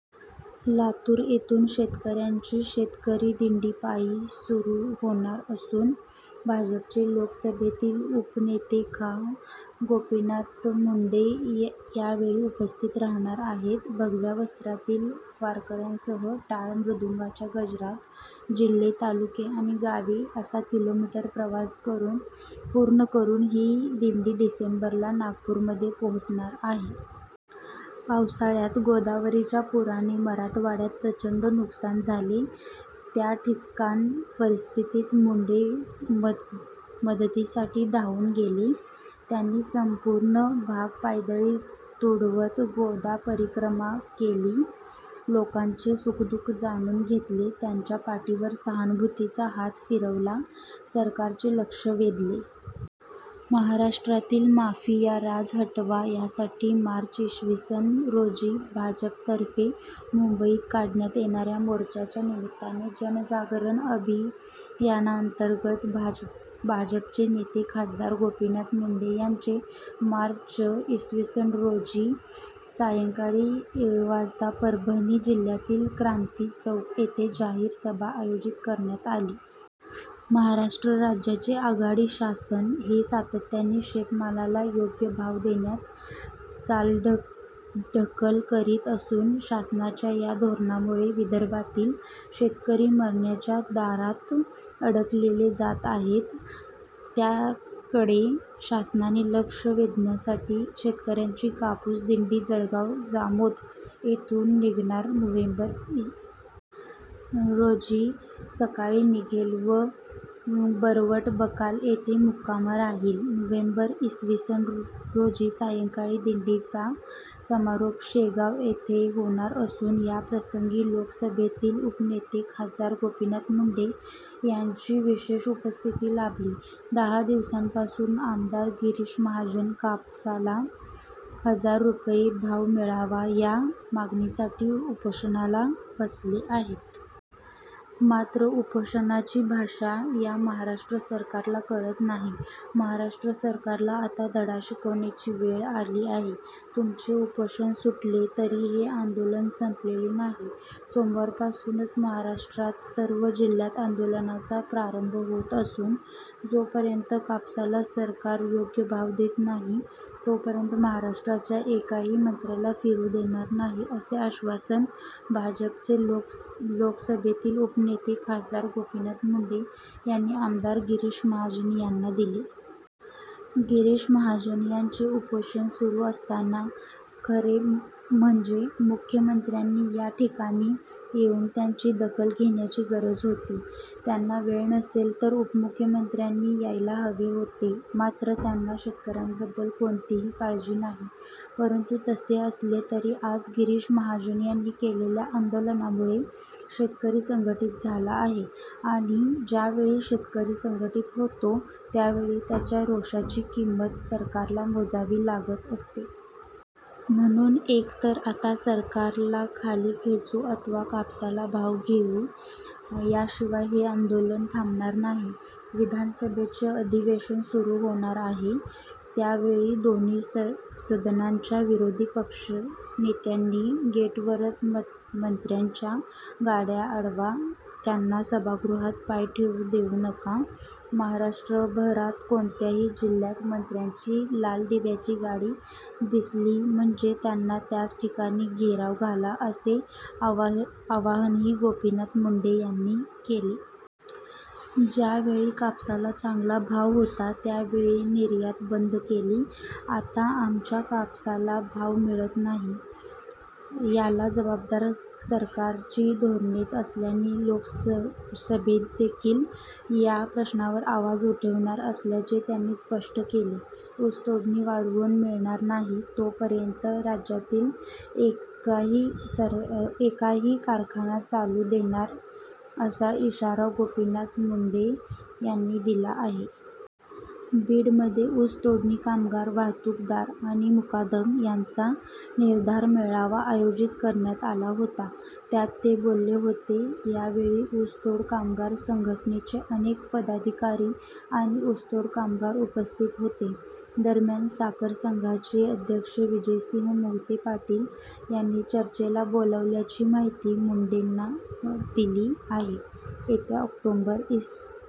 लातूर येथून शेतकऱ्यांची शेतकरी दिण्डी पायी सुरू होणार असून भाजपचे लोकसभेतील उपनेते खा. गोपीनाथ मुंडे यावेळी उपस्थित रहाणार आहेत. भगव्या वस्त्रातील वारकऱ्यांसह टाळ मृदुंगाच्या गजरात जिल्हे, तालुके आणि गावे असा किलोमीटर प्रवास पूर्ण करून ही दिंडी डिसेंबरला नागपूरमध्ये पोहोचणार आहे. पावसाळ्यात गोदावरीच्या पुराने मराठवाड्यात प्रचण्ड नुकसान झाले. त्या कठिण परिस्थितीत मुंडे मतदीसाठी धावून गेले. त्यांनी सम्पूर्ण भाग पायदळी तुडवत 'गोदा परिक्रमा' केली. लोकांचे सुखदुःख जाणून घेतले, त्यांच्या पाठीवर सहानुभूतीचा हात फिरवला, सरकारचे लक्ष वेधले. महाराष्ट्रातील माफिया राज हटवा यासाठी मार्च इ. स. रोजी भाजपतर्फे मुम्बईत काढण्यात येणाऱ्या मोर्चाच्या निमित्ताने जनजागरण अभियानाअंतर्गत भाजपचे नेते खासदार गोपीनाथ मुंडे यांचे मार्च इ. स. रोजी सायंकाळी वाजता परभणी जिल्ह्यातील क्रान्ती चौक येथे जाहीर सभा आयोजित करण्यात आली. महाराष्ट्र राज्याचे आघाडी शासन हे सातत्याने शेतमालाला योग्य भाव देण्यात चालढकल करीत असून, शासनाच्या या धोरणामुळे विदर्भातील शेतकरी मरणाच्या दारात ढकलले जात आहे. त्याकडे शासनाचे लक्ष वेधण्यासाठी शेतकऱ्यांची कापूस दिण्डी जळगाव जामोद येथून निघणार नोव्हेम्बर इ. स. रोजी सकाळी. निघेल व वरवट बकाल येथे मुक्काम राहील. नोव्हेम्बर इ. स. रोजी सायंकाळी. दिण्डीचा समारोप शेगाव येथे होणार असून, याप्रसंगी लोकसभेतील उपनेते खासदार गोपीनाथ मुंडे यांची विशेष उपस्थिती लाभली.। दहा दिवसांपासून आमदार गिरीश महाजन कापसाला हजार रुपये भाव मिळावा या मागणीसाठी उपोषणाला बसले आहेत. मात्र उपोषणाची भाषा या महाराष्ट्र सरकारला कळत नाही. महाराष्ट्र सरकारला आता धडा शिकविण्याची वेळ आली आहे. तुमचे उपोषण सुटले तरी हे आन्दोलन सम्पलेले नाही. सोमवारपासून महाराष्ट्रात सर्व जिल्ह्यात आन्दोलनाला प्रारम्भ होत असून, जोपर्यंत कापसाला सरकार योग्य भाव देत नाही, तोपर्यंत महाराष्ट्राच्या एकाही मंत्र्याला फिरू देणार नाही, असे आश्वासन भाजपचे लोकसभेतील उपनेते खासदार गोपीनाथ मुंडे यांनी आमदार गिरीश महाजन यांना दिले. गिरीश महाजन यांचे उपोषण सुरू असताना खरे म्हणजे मुख्यमंत्र्यांनी या ठिकाणी येऊन त्याची दखल घेण्याची गरज होती. त्यांना वेळ नसेल, तर उपमुख्यमंत्र्यांनी यायला हवे होते. मात्र त्यांना शेतकऱ्यांबद्दल कोणतीही काळजी नाही. परंतु तसे असले तरी आज गिरीश महाजन यांनी केलेल्या आन्दोलनामुळे शेतकरी संघटित झाला आहे आणि ज्यावेळी शेतकरी संघटित होतो त्यावेळी त्याच्या रोषाची किंमत सरकारला मोजावी लागत असते. म्हणून एक तर आता 'सरकारला खाली खेचू अथवा कापसाला भाव घेऊ' याशिवाय हे आन्दोलन थाम्बणार नाही. विधानसभेचे अधिवेशन सुरू होणार आहे. त्यावेळी दोन्ही सदनांच्या विरोधी पक्षनेत्यांनी गेटवरच मंत्र्यांच्या गाड्या अडवा. त्यांना सभागृहात पाय ठेवू देवू नका, महाराष्ट्रभरात कोणत्याही जिल्ह्यात मंत्र्यांची लाल दिव्याची गाडी दिसली म्हणजे त्यांना त्याच ठिकाणी घेराव घाला असे आवाहनही गोपीनाथ मुंडे यांनी केले. ज्यावेळी कापसाला चांगला भाव होता त्यावेळी निर्यात बन्द केली. आता आमच्या कापसाला भाव मिळत नाही. याला जबाबदार सरकारची धोरणेच असल्याने लोकसभेतदेखील या प्रश्नावर आवाज उठविणार असल्याचे त्यांनी स्पष्ट केले. ऊस तोडणी वाढवून मिळणार नाहीं तो पर्यंत राज्यातील एका ही कारखाना चालू देणार असा इशारा गोपीनाथ मुंडे यांनी दिला आहे. बीडमध्ये ऊस तोडणी कामगार, वाहतूकदार आणि मुकादम यांचा निर्धार मेळावा आयोजित करण्यात आला होता. त्यात ते बोलत होते, या वेळी ऊस तोड कामगार संघटनेचे अनेक पदाधिकारी आणि ऊसतोड कामगार उपस्थित होते. दरम्यान, साखर संघाचे अध्यक्ष विजयसिंह मोहिते-पाटील यांनी चर्चेला बोलावल्याची माहिती मुंडेंनी दिली आहे. येत्या ऑक्टोबर, इ.